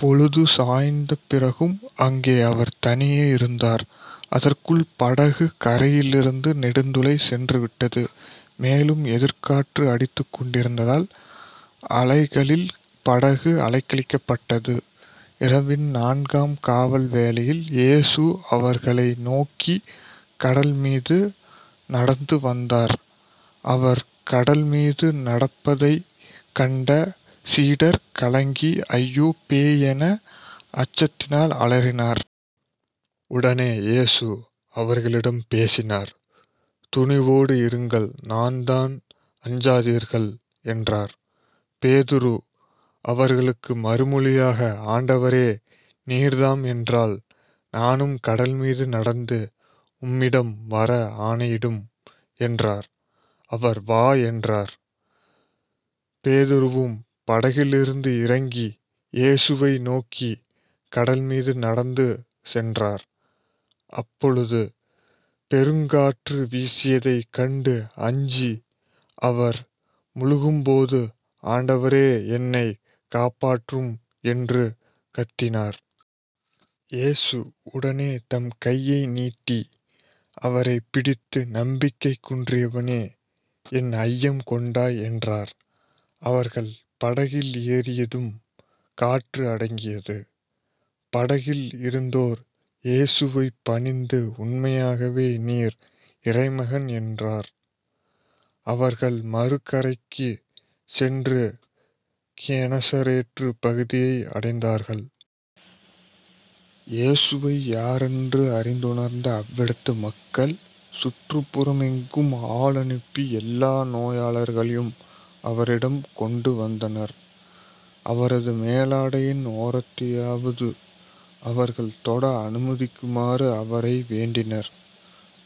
பொழுது சாய்ந்தபிறகும் அங்கே அவர் தனியே இருந்தார். அதற்குள் படகு கரையிலிருந்து நெடுந்தொலை சென்றுவிட்டது. மேலும் எதிர்க்காற்று அடித்துக்கொண்டிருந்ததால் அலைகளில் படகு அலைக்கழிக்கப்பட்டது. இரவின் நான்காம் காவல்வேளையில் இயேசு அவர்களை நோக்கிக் கடல்மீது நடந்து வந்தார். அவர் கடல்மீது நடப்பதைக் கண்ட சீடர் கலங்கி ஐயொ பேய் என அச்சத்தினால் அலறினார். உடனே இயேசு அவர்களிடம் பேசினார். துணிவோடிருங்கள் நான்தான் அஞ்சாதீர்கள் என்றார். பேதுரு அவருக்கு மறுமொழியாக ஆண்டவரே நீர்தாம் என்றால் நானும் கடல்மீது நடந்து உம்மிடம் வர ஆணையிடும் என்றார். அவர் வா என்றார். பேதுருவும் படகிலிருந்து இறங்கி இயேசுவை நோக்கிக் கடல்மீது நடந்து சென்றார். அப்பொழுது பெருங்காற்று வீசியதைக் கண்டு அஞ்சி அவர் முழ்கும்போது ஆண்டவரே என்னைக் காப்பாற்றும் என்று கத்தினார். இயேசு உடனே தம் கையை நீட்டி அவரைப் பிடித்து நம்பிக்கை குன்றியவனே ஏன் ஐயம் கொண்டாய்? என்றார். அவர்கள் படகில் ஏறியதும் காற்று அடங்கியது. படகில் இருந்தோர் இயேசுவைப் பணிந்து உண்மையாகவே நீர் இறைமகன் என்றார். அவர்கள் மறு கரைக்குச் சென்று கெனசரேத்துப் பகுதியை அடைந்தார்கள். இயேசுவை யாரென்று அறிந்துணர்ந்த அவ்விடத்து மக்கள் சுற்றுப் புறமெங்கும் ஆள் அனுப்பி எல்லா நோயாளர்களையும் அவரிடம் கொண்டு வந்தனர். அவரது மேலுடையின் ஓரத்தையாவது அவர்கள் தொட அனுமதிக்குமாறு அவரை வேண்டினர்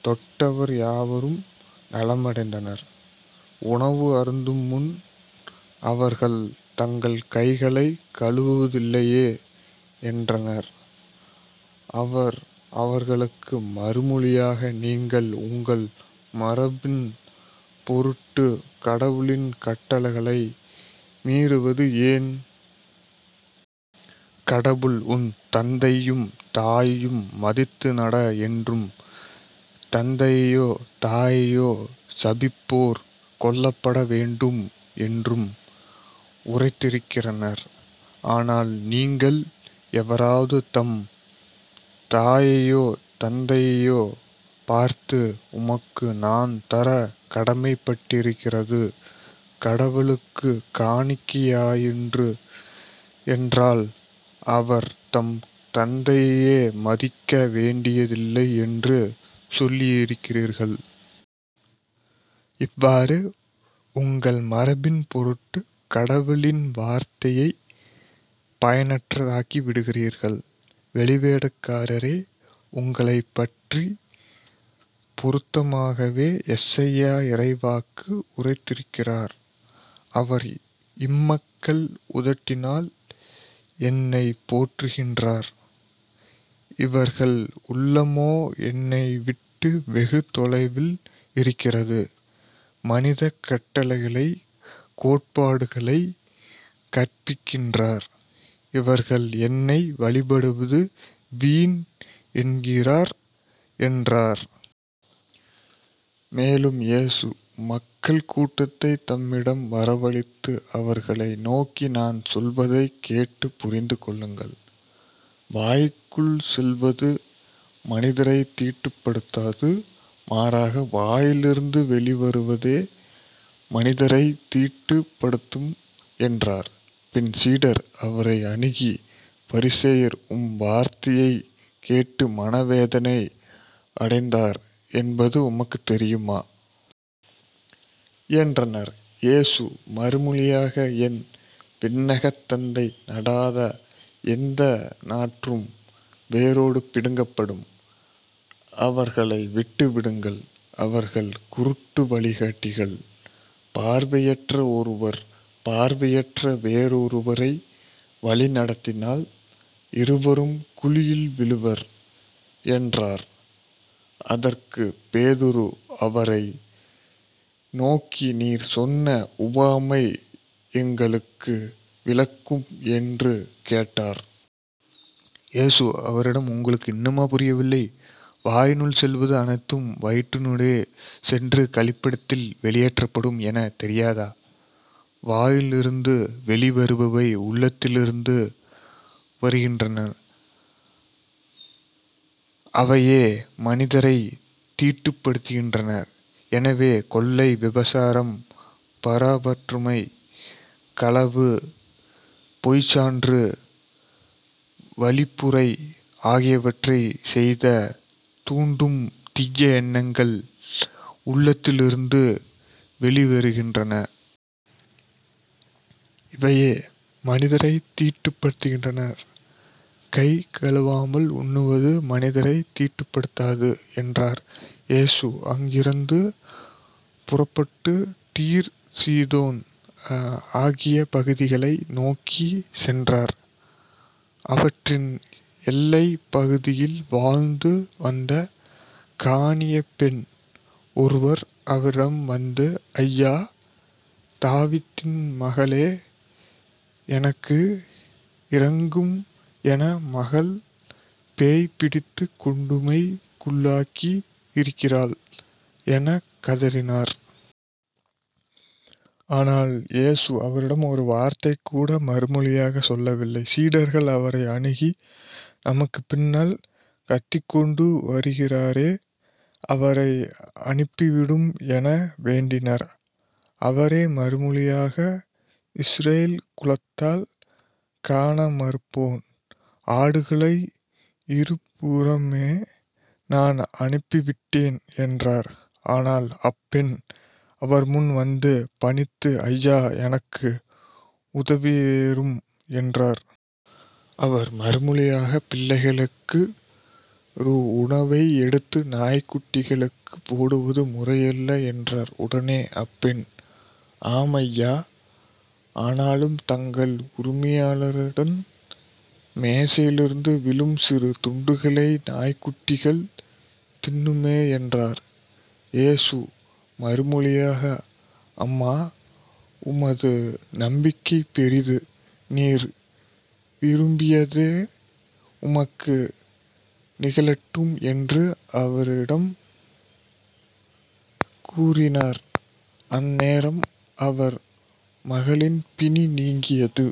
தொட்டவர் யாவரும் நலமடைந்தனர். உணவு அருந்துமுன் அவர்கள் தங்கள் கைகளைக் கழுவுவதில்லையே என்றனர். அவர் அவர்களுக்கு மறுமொழியாக நீங்கள் உங்கள் மரபின் பொருட்டுக் கடவுளின் கட்டளையை மீறுவது ஏன்? கடவுள் உன் தந்தையையும் தாயையும் மதித்து நட என்றும் தந்தையையோ தாயையோ சபிப்போர் கொல்லப்பட வேண்டும் என்றும் உரைத்திருக்கிறார். ஆனால் நீங்கள் எவராவது தம் தாயையோ தந்தையையோ பார்த்து உமக்கு நான் தரக் கடமைப்பட்டிக்கிறது கடவுளுக்குக் காணிக்கையாயிற்று என்றால் அவர் தம் தந்தையை மதிக்க வேண்டியதில்லை என்று சொல்லியிருகிறீர்கள். இவ்வாறு உங்கள் மரபின்பொருட்டுக் கடவுளின் வார்த்தையைப் பயனற்றதாக்கி விடுகிறீர்கள். வெளிவேடக்காரரே உங்களைப்பற்றிப் பொருத்தமாகவே எசயா இறைவாக்கு உரைத்திருக்கிறார். அவர் இம்மக்கள் உதட்டினால் என்னைப் போற்றுகின்றனர். இவர்கள் உள்ளமோ என்னைவிட்டு வெகு தொலையில் இருக்கிறது. மனிதக் கட்டளைகளைக் கோட்பாடுகளாகக் கற்பிக்கின்றனர். இவர்கள் என்னை வழிபடுவது வீண் என்கிறார் என்றார். மேலும் இயேசு மக்கள் கூட்டத்தைத் தம்மிடம் வரவழைத்து அவர்களை நோக்கி நான் சொல்வதைக் கேட்டுப் புரிந்துகொள்ளுங்கள். வாய்க்குள் செல்வது மனிதரைத் தீட்டுப்படுத்தாது மாறாக வாயிலிருந்து வெளிவருவதே மனிதரைத் தீட்டுப் படுத்தும் என்றார். பின்பு சீடர் அவரை அணுகி பரிசேயர் உம் வார்த்தையைக் கேட்டு மனவேதனை அடைந்தார் என்பது உமக்குத் தெரியுமா? என்றனர். இயேசு மறுமொழியாக என் விண்ணகத் தந்தை நடாத எந்த நாற்றும் வேரோடு பிடுங்கப்படும். அவர்களை விட்டுவிடுங்கள். அவர்கள் குருட்டு வழிகாட்டிகள். பார்வையற்ற ஒருவர் பார்வையற்ற வேறொருவரை வழிநடத்தினால் இருவரும் குழியில் விழுவர் என்றார். அதற்குப் பேதுரு அவரை நோக்கி நீர் சொன்ன உவமை எங்களுக்கு விளக்கும் என்று கேட்டார். இயேசு அவரிடம் உங்களுக்கு இன்னுமா புரியவில்லை? வாயினுள் செல்வது அனைத்தும் வயிற்றினூடே சென்று கழிப்பிடத்தில் வெளியேற்றப்படும் எனத் தெரியாதா? வாயினின்று வெளிவருபவை உள்ளத்திலிருந்து வருகின்றன. அவையே மனிதரைத் தீட்டுப்படுத்துகின்றன. ஏனெனில் கொலை விபசாரம் பரத்தைமை களவு பொய்ச்சான்று பழிப்புரை ஆகியவற்றைச் செய்யத் தூண்டும் தீய எண்ணங்கள் உள்ளத்திலிருந்து வெளிவருகின்றன. இவையே மனிதரைத் தீட்டுப்படுத்துகின்றன. கை கழுவாமல் உண்ணுவது மனிதரைத் தீட்டுப்படுத்தாது என்றார். இயேசு அங்கிருந்து புறப்பட்டுத் தீர் சீதோன் ஆகிய பகுதிகளை நோக்கிச் சென்றார். அவற்றின் எல்லைப் பகுதியில் வாழ்ந்து வந்த கானானியப் பெண் ஒருவர் அவரிடம் வந்து ஐயா தாவிதீன் மகனே எனக்கு இரங்கும் என் மகள் பேய் பிடித்துக் கொடுமைக்குள்ளாகி இருக்கிறாள் எனக் கதறினார். ஆனால் இயேசு அவரிடம் ஒரு வார்த்தைகூட மறுமொழியாகச் சொல்லவில்லை. சீடர்கள் அவரை அணுகி நமக்குப் பின்னால் கத்திக்கொண்டு வருகிறாரே இவரை அனுப்பிவிடும் என வேண்டினர். அவரோ மறுமொழியாக இஸரயேல் குலத்தாருள் காணாமற்போன ஆடுகளாய் இருப்போரிடமே நான் அனுப்பப்பட்டேன் என்றார். ஆனால் அப்பெண் அவர்முன் வந்து பணிந்து ஐயா எனக்கு உதவியருளும் என்றார். அவர் மறுமொழியாக பிள்ளைகளுக்கு ரு உணவை எடுத்து நாய்க் குட்டிகளுக்குப் போடுவது முறையல்ல என்றார். உடனே அப்பெண் ஆம் ஐயா ஆனாலும் தங்கள் உரிமையாளரின் மேசையிலிருந்து விழும் சிறு துண்டுகளை நாய்க்குட்டிகள் தின்னுமே என்றார். இயேசு மறுமொழியாக அம்மா உமது நம்பிக்கை பெரிது. நீர் விரும்பியவாறே உமக்கு நிகழட்டும் என்று அவரிடம் கூறினார். அந்நேரம் அவர் மகளின் பிணி நீங்கியது.